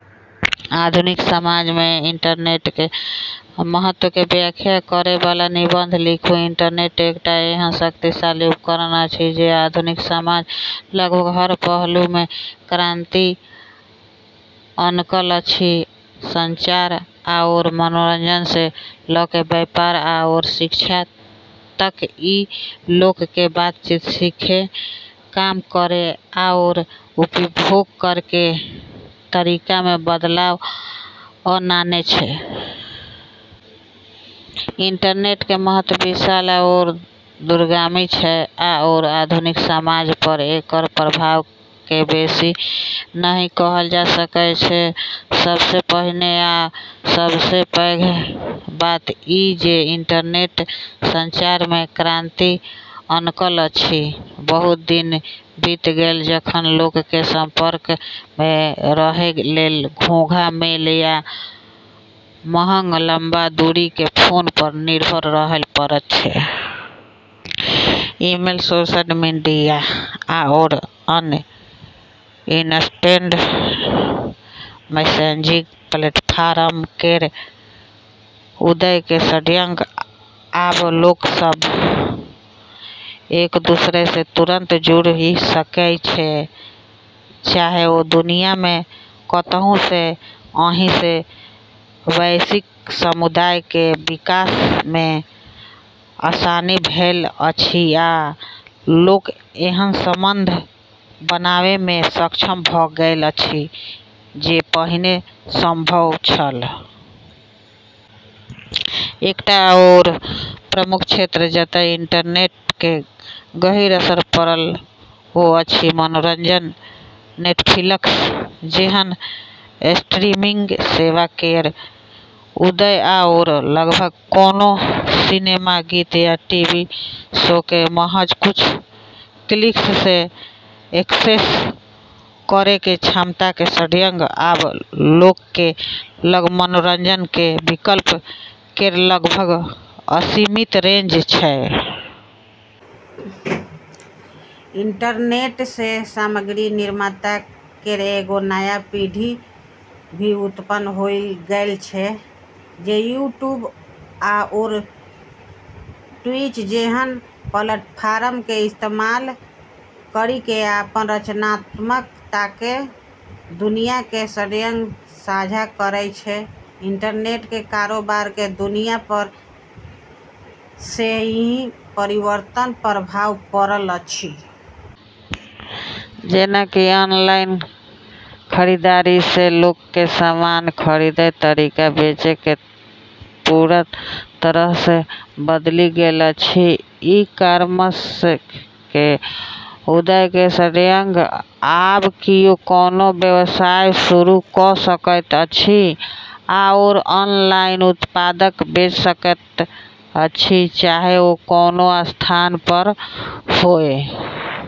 आधुनिक समाजमे इंटरनेटके महत्वके व्याख्या करैबला निबंध लिखु । इंटरनेट एकटा एहन शक्तिशाली उपकरण अछि जे आधुनिक समाजक लगभग हर पहलूमे क्रांति अनलक अछि। संचार आओर मनोरंजनसँ ल' क' व्यापार आओर शिक्षा तक, ई लोकके बातचीत, सीखै, काम करै, आओर उपभोग करैके तरीकामे बदलाव आननै छै। इंटरनेट केर महत्व विशाल आओर दूरगामी छै, आओर आधुनिक समाज पर एकर प्रभावके बेशी नहि कहल जा सकै छै। सबसँ पहिने आ सबसँ पैघ बात ई जे इंटरनेट संचारमे क्रांति अनलक अछि। बहुत दिन बीत गेल जखन लोकके संपर्कमे रहय लेल घोंघा मेल या महग लंबा दूरीके फोन पर निर्भर रहय पड़ैत छल। ईमेल, सोशल मीडिया, आओर अन्य इंस्टेंट मैसेजिंग प्लेटफॉर्म केर उदयके सङ्ग आब लोकसब एक-दूसरासँ तुरंत जुड़ि सकै छै, चाहे ओ दुनियामे कतहुँ होइ। एहिसँ वैश्विक समुदायके विकासमे आसानी भेल अछि आ लोक एहन संबंध बनेबामे सक्षम भ' गेल अछि जे पहिने असंभव छल। एकटा आओर प्रमुख क्षेत्र जतय इंटरनेटके गहीँर असर पड़ल ओ अछि मनोरंजन। नेटफ्लिक्स जेहन स्ट्रीमिंग सेवा केर उदय आओर लगभग कोनो सिनेमा, गीत, या टीवी शोके महज कुछ क्लिकसँ एक्सेस करैके क्षमताके सङ्ग, आब लोकके लग मनोरंजनके विकल्प केर लगभग असीमित रेंज छै। इंटरनेटसँ सामग्री निर्माता केर एगो नया पीढ़ी भी उत्पन्न होइ गेल छै, जे यूट्यूब आओर ट्विच जेहन प्लेटफॉर्मके इस्तेमाल करिके अपन रचनात्मकताके दुनियाके सङ्ग साझा करै छै। इंटरनेटके कारोबारके दुनिया पर सेहो परिवर्तनकारी प्रभाव पड़ल अछि। जेना कि ऑनलाइन खरीदारीसँ लोकके सामान खरीदय- तरीका बेचैके पूरा तरहसँ बदलि गेल अछि। ई-कॉमर्सके उदयके सङ्ग आब किओ कोनो व्यवसाय शुरू क' सकैत अछि आओर ऑनलाइन उत्पाद बेच सकैत अछि, चाहे ओ कोनो स्थान पर होइ ।